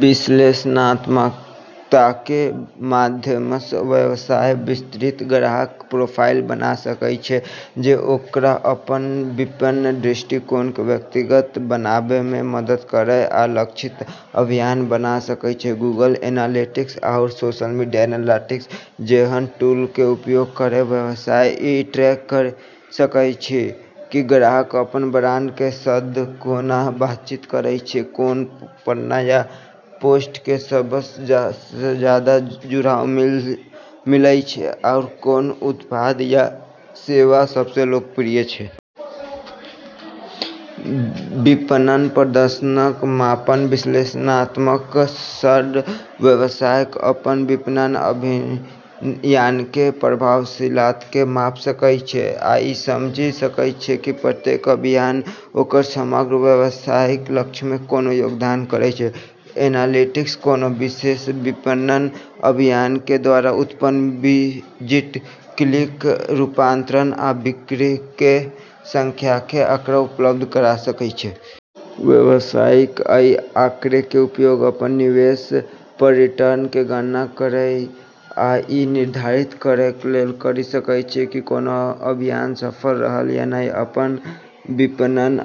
विश्लेषणात्मकताके माध्यमसँ व्यवसाय विस्तृत ग्राहक प्रोफाइल बना सकै छै जे ओकरा अपन विपणन दृष्टिकोणके व्यक्तिगत बनेबामे मदद करै आ लक्षित अभियान बना सकय छै । गूगल एनालिटिक्स आओर सोशल मीडिया एनालिटिक्स जेहन टूलके उपयोग करिके व्यवसाय ई ट्रैक करि सकै छै कि ग्राहक अपन ब्रांडके सङ्ग कोना बातचीत करै छै, कोन पन्ना या पोस्टके सबसँ जादा जुड़ाव मिलै छै, आओर कोन उत्पाद या सेवा सबसँ लोकप्रिय छै। विपणन प्रदर्शनके मापन विश्लेषणात्मकताके सङ्ग, व्यवसायक अपन विपणन अभियानके प्रभावशीलताके माप सकय छै आ ई समझि सकय छै की प्रत्येक अभियान ओकर समग्र व्यवसायिक लक्ष्यमे कोना योगदान करय छै। एनालिटिक्स कोनो विशेष विपणन अभियानके द्वारा उत्पन्न विजिट, क्लिक, रूपांतरण, आ बिक्रीके संख्याके आँकड़ा उपलब्ध करा सकय छै। व्यवसायिक अइ आँकड़ाके उपयोग अपन निवेश पर रिटर्न (आरओआई) केँ गणना करय आ ई निर्धारित करैके लेल करि सकै छै कि कोनो अभियान सफल रहल या नहि । अपन विपणन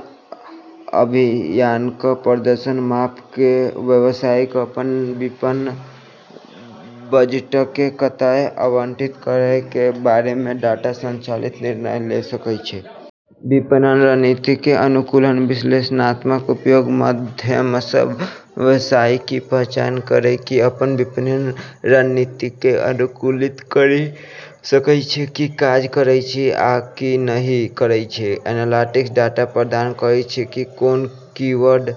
अभियानक प्रदर्शनके माप क' व्यवसायिक अपन विपणन बजटके कतय आवंटित करयके बारेमे डाटा संचालित निर्णय ल' सकय छै । विपणन रणनीतिके अनुकूलन विश्लेषणात्मकताके उपयोगके माध्यमसँ व्यवसायिक ई पहचान करि क' अपन विपणन रणनीतिकें अनुकूलित करि सकय छै कि, की काज करय छै आ की नहि करय छै । एनालिटिक्स डाटा प्रदान करैत छै की कोन कीवर्ड,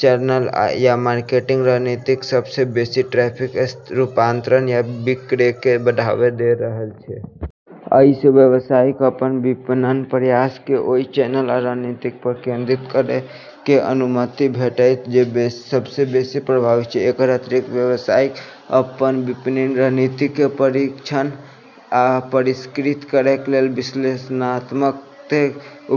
चैनल, या मार्केटिंग रणनीति सबसँ बेशी ट्रैफिक, रूपांतरण या बिक्रीके बढ़ावा द' रहल छै । अइ सँ व्यवसायिक अपन विपणन प्रयासके ओइ चैनल आ रणनीति पर केंद्रित करैके अनुमति भेटैत जे सबसँ बेशी प्रभावी छै । एकर अतिरिक्त, व्यवसायिक अपन विपणन रणनीतिके परीक्षण आ परिष्कृत करैके लेल विश्लेषणात्मकताके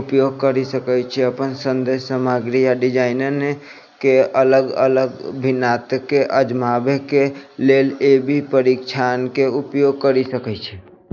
उपयोग करि सकै छै, अपन संदेश, सामग्री या डिजाइनके अलग-अलग भिन्नताके आजमाबैके लेल ए/बी परीक्षणके उपयोग करि सकै छै।